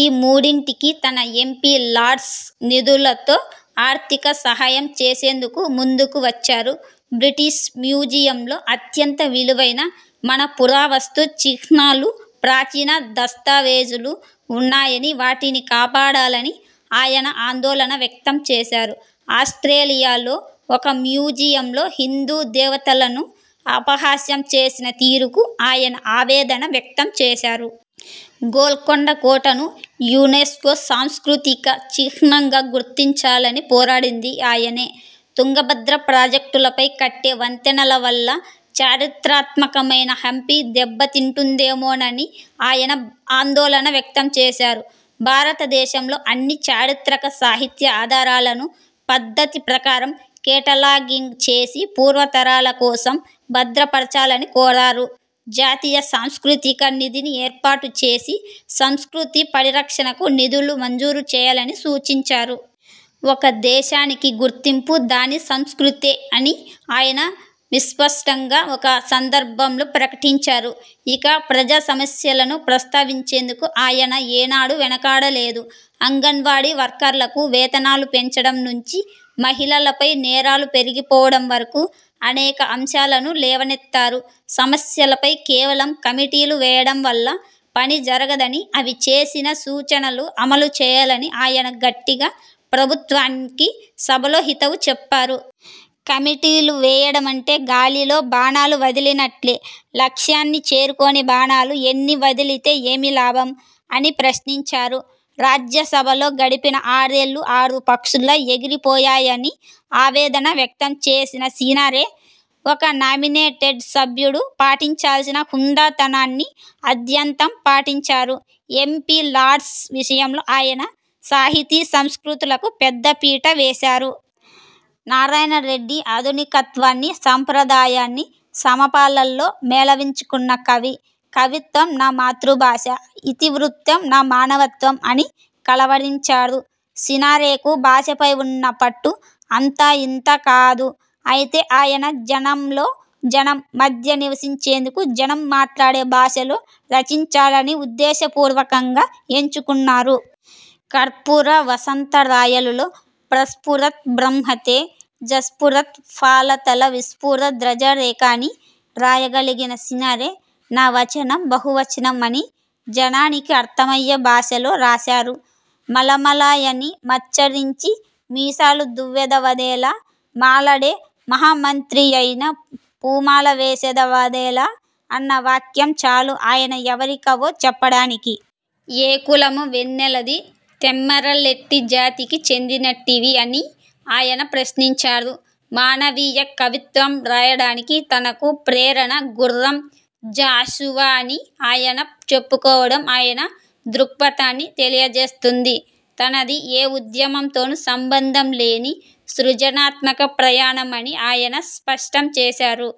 ఈ మూడింటికీ తన ఎంపీ లాడ్స్ నిధులతో ఆర్థిక సహాయం చేసేందుకు ముందుకు వచ్చారు. బ్రిటిష్ మ్యూజియంలో అత్యంత విలువైన మన పురావస్తు చిహ్నాలు, ప్రాచీన దస్తావేజులు ఉన్నాయని వాటిని కాపాడాలని ఆయన ఆందోళన వ్యక్తం చేశారు. ఆస్ట్రేలియాలో ఒక మ్యూజియంలో హిందూ దేవతలను అపహాస్యం చేసిన తీరుకు ఆయన ఆవేదన వ్యక్తం చేశారు. గోల్కొండ కోటను యునెస్కో సాంస్కృతిక చిహ్నంగా గుర్తించాలని పోరాడింది ఆయనే. తుంగభద్ర ప్రాజెక్టులపై కట్టే వంతెనల వల్ల చరిత్రాత్మకమైన హంపీ దెబ్బతింటుందేమోనని ఆయన ఆందోళన వ్యక్తంచేశారు. భారతదేశంలో అన్ని చారిత్రక, సాహిత్య ఆధారాలను పద్ధతి ప్రకారం కేటలాగింగ్ చేసి పూర్వతరాల కోసం భద్రపరచాలని కోరారు. జాతీయ సాంస్కృతిక నిధిని ఏర్పాటు చేసి సంస్కృతీ పరిరక్షణకు నిధులు మంజూరు చేయాలని సూచించారు. ఒక దేశానికి గుర్తింపు దాని సంస్కృతే అని ఆయన విస్పష్టంగా ఒక సందర్భంలో ప్రకటించారు. ఇక ప్రజాసమస్యలను ప్రస్తావించేందుకు ఆయన ఏనాడూ వెనుకాడలేదు. అంగన్వాడీ వర్కర్లకు వేతనాలు పెంచడం నుంచి మహిళలపై నేరాలు పెరిగిపోవడం వరకు అనేక అంశాలను లేవనెత్తారు. సమస్యలపై కేవలం కమిటీలు వేయడం వల్ల పని జరగదని, అవి చేసిన సూచనలు అమలుచేయాలని ఆయన గట్టిగా ప్రభుత్వానికి సభలో హితవు చెప్పారు. ''కమిటీలు వేయడమంటే గాలిలో బాణాలు వదిలినట్లే. లక్ష్యాన్ని చేరుకోని బాణాలు ఎన్ని వదిలితే ఏమి లాభం? '' అని ప్రశ్నించారు. రాజ్యసభలో గడిపిన ఆరేళ్లూ ఆరు పక్షుల్లా ఎగిరిపోయాయని ఆవేదన వ్యక్తం చేసిన సినారె ఒక నామినేటెడ్ సభ్యుడు పాటించాల్సిన హుందాతనాన్ని ఆద్యంతం పాటించారు. ఎంపీ లాడ్స్ విషయంలో ఆయన సాహితీ, సంస్కృతులకు పెద్ద పీట వేశారు. నారాయణరెడ్డి ఆధునికత్వాన్నీ, సంప్రదాయాన్నీ సమపాళ్లలో మేళవించుకున్న కవి. ''కవిత్వం నా మాతృభాష –- ఇతివృత్తం నా మానవత్వం'' అని కలవరించారు. సినారెకు భాషపై ఉన్న పట్టు అంతా ఇంతా కాదు. అయితే ఆయన జనంలో జనం మధ్య నివసించేందుకు జనం మాట్లాడే భాషలో రచించాలని ఉద్దేశపూర్వకంగా ఎంచుకున్నారు. కర్పూర వసంతరాయలులో ''ప్రస్ఫురత్ బ్రహ్మతే, జస్ఫురత్ ఫాలతల విస్ఫుర ద్రాజరేఖా! '' అని రాయగలిగిన సినారె ''నా వచనం బహువచనం'' అని జనానికి అర్థమయ్యే భాషలో రాశారు. ''మాలమాలయని మచ్చరించి మీసాలుదువ్వెదవదేలా! మాలడే మహామంత్రియైన పూమాలవేసెదవదేలా! '' అన్న వాక్యం చాలు ఆయన ఎవరి కవో చెప్పడానికి. ''ఏ కులము వెన్నెలది? తెమ్మరలెట్టి జాతికి చెందినట్టివి? '' అని ఆయన ప్రశ్నించారు. మానవీయ కవిత్వం రాయడానికి తనకు ప్రేరణ గుర్రం జాషువా అని ఆయన చెప్పుకోవడం ఆయన దృక్పథాన్ని తెలియజేస్తుంది. తనది ఏ ఉద్యమంతోనూ సంబంధంలేని సృజనాత్మక ప్రయాణం అని ఆయన స్పష్టం చేశారు.